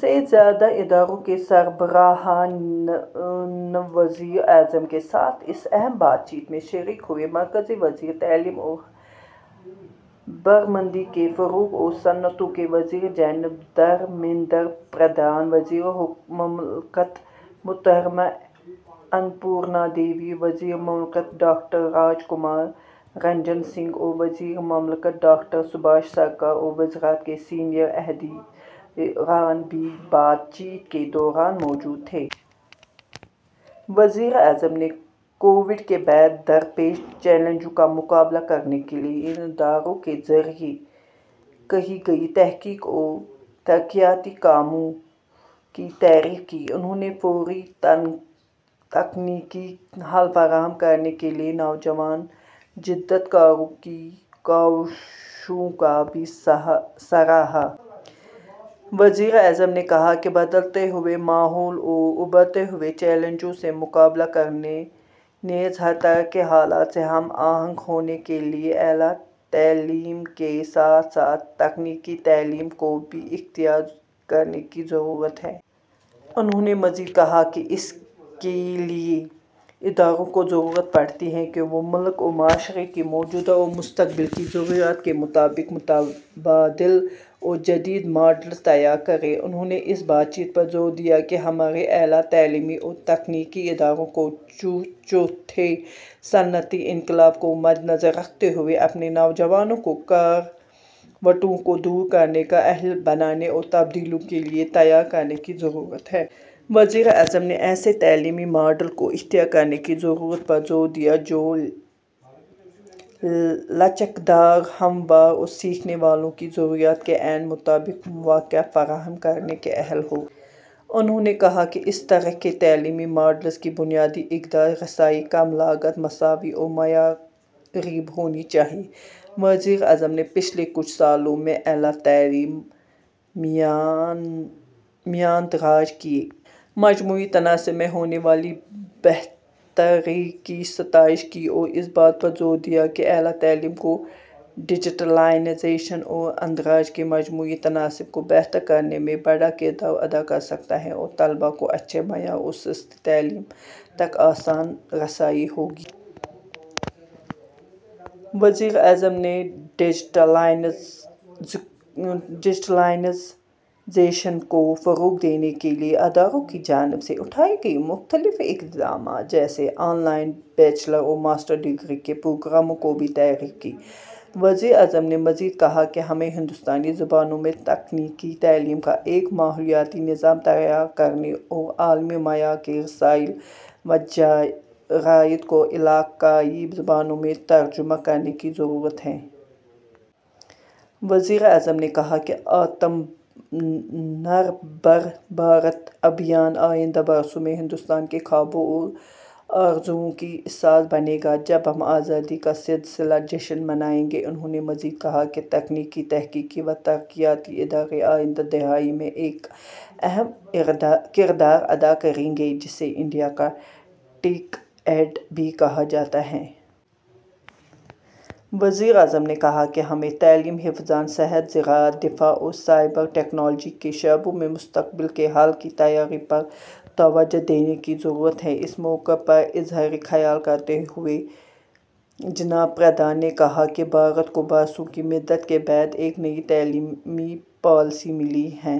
سے زیادہ اداروں کے سربراہانوزیر اعظم کے ساتھ اس اہم بات چیت میں شریک ہوئے۔ مرکزی وزیر تعلیم اور ہرمندی کے فروغ اور صنعتوں کے وزیر جناب دھرمیندر پردھان ، وزیر مملکت محترمہ انپورنا دیوی، وزیرمملکت ڈاکٹر راج کمار رنجن سنگھ اور وزیر مملکت ڈاکٹر سبھاش سرکار اور وزارت کے سینئر عہدیداران بھی بات چیت کے دوران موجود تھے۔ وزیر اعظم نے کووڈ کے بعد درپیش چیلنجوں کا مقابلہ کرنے کے لئے ان اداروں کے ذریعہکی گئی تحقیق اور ترقیاتی کاموں کی تعریف کی۔ انہوں نے فوری تکنیکی حل فراہم کرنے کے لئے نوجوان جدت کاروں کی کاوشوں کو بھی سراہا۔ وزیر اعظم نے کہا کہ بدلتے ہوئے ماحول اور ابھرتے ہوئے چیلنجوں سے مقابلہ کرنے نیز ہر طرح کے حالات سے ہم آہنگ ہونے کے لئے اعلی تعلیمکے ساتھ ساتھ تکنیکی تعلیم کوبھی اختیار کرنے کی ضرورت ہے۔ انہوں نے مزید کہا کہ اس کے لئے اداروں کو ضرورت پڑتی ہے کہ وہ ملک اور معاشرے کی موجودہ اور مستقبل کی ضروریات کے مطابق متبادل اور جدید ماڈلز تیار کریں۔ انہوں نے اس بات پر زور دیا کہ ہمارے اعلی تعلیمی اور تکنیکی اداروں کو چوتھے صنعتی انقلاب کو مدنظر رکھتے ہوئے اپنے نوجوانوں کورکاوٹوں کو دور کرنے کا اہل بنانےاور تبدیلیوں کے لئے تیار کرنے کی ضرورت ہے۔ وزیر اعظم نے ایسے تعلیمی ماڈل کو اختیار کرنے کی ضرورت پر زور دیا جو لچکدار ، ہموار ، اور سیکھنے والوں کی ضروریات کے عین مطابق مواقع فراہم کرنے کے اہل ہوں۔ انہوں نے کہا کہ اس طرح کے تعلیمی ماڈلز کی بنیادی اقدار رسائی ، کم لاگت ، مساوی اور معیاری ہونی چاہئے۔ وزیر اعظم نے پچھلے کچھ سالوں میں اعلی تعلیم میںاندراج کے مجموعی تناسب میں ہونے والی بہتریکی ستائش کی اور اس بات پر زور دیا کہ اعلی تعلیم کو ڈیجیٹلائزیشن اوراندراج کے مجموعی تناسب کو بہتر کرنے میں بڑا کردار ادا کرسکتاہے اور طلباء کو اچھے معیار اور سستی تعلیم تک آسان رسائی ہوگی۔ وزیر اعظم نے ڈیجیٹلائزیشنکو فروغ دینے کے لئے اداروں کی جانب سے اٹھائے گئے مختلف اقدامات جیسے آن لائن بیچلر اور ماسٹر ڈگری کے پروگراموں کی بھی تعریف کی۔ وزیر اعظم نے مزید کہا کہ ہمیں ہندوستانی زبانوں میں تکنیکی تعلیم کا ایک ماحولیاتی نظام تیار کرنے اور عالمی معیار کے رسائل و جرائد کو علاقائی زبانوں میں ترجمہ کرنے کی ضرورت ہے۔ وزیر اعظم نے کہا کہ 'آتم نربھر بھارت ابھیان'آئندہ برسوں میں ہندوستان کے خوابوں اور آرزوؤں کی اساس بنے گا جب ہم آزادی کا صد سالہ جشن منائیں گے۔ انہوں نے مزید کہا کہ تکنیکی ، تحقیقی وترقیاتی ادارے آئندہ دہائی میں ایک اہم کردار ادا کریں گے ، جسے ''انڈیا کا ٹیک ایڈ'' بھی کہا جاتا ہے۔ وزیر اعظم نے کہا کہ ہمیں تعلیم ، حفظان صحت ، زراعت ، دفاع ، اور سائبر ٹیکنالوجی کے شعبوں میں مستقبل کے حل کی تیاری پر توجہ دینے کی ضرورت ہے۔ اس موقع پر اظہار خیال کرتے ہوئے جناب پردھان نے کہا کہ بھارت کو برسوں کی مدت کے بعد ایک نئی تعلیمی پالیسی ملی ہے۔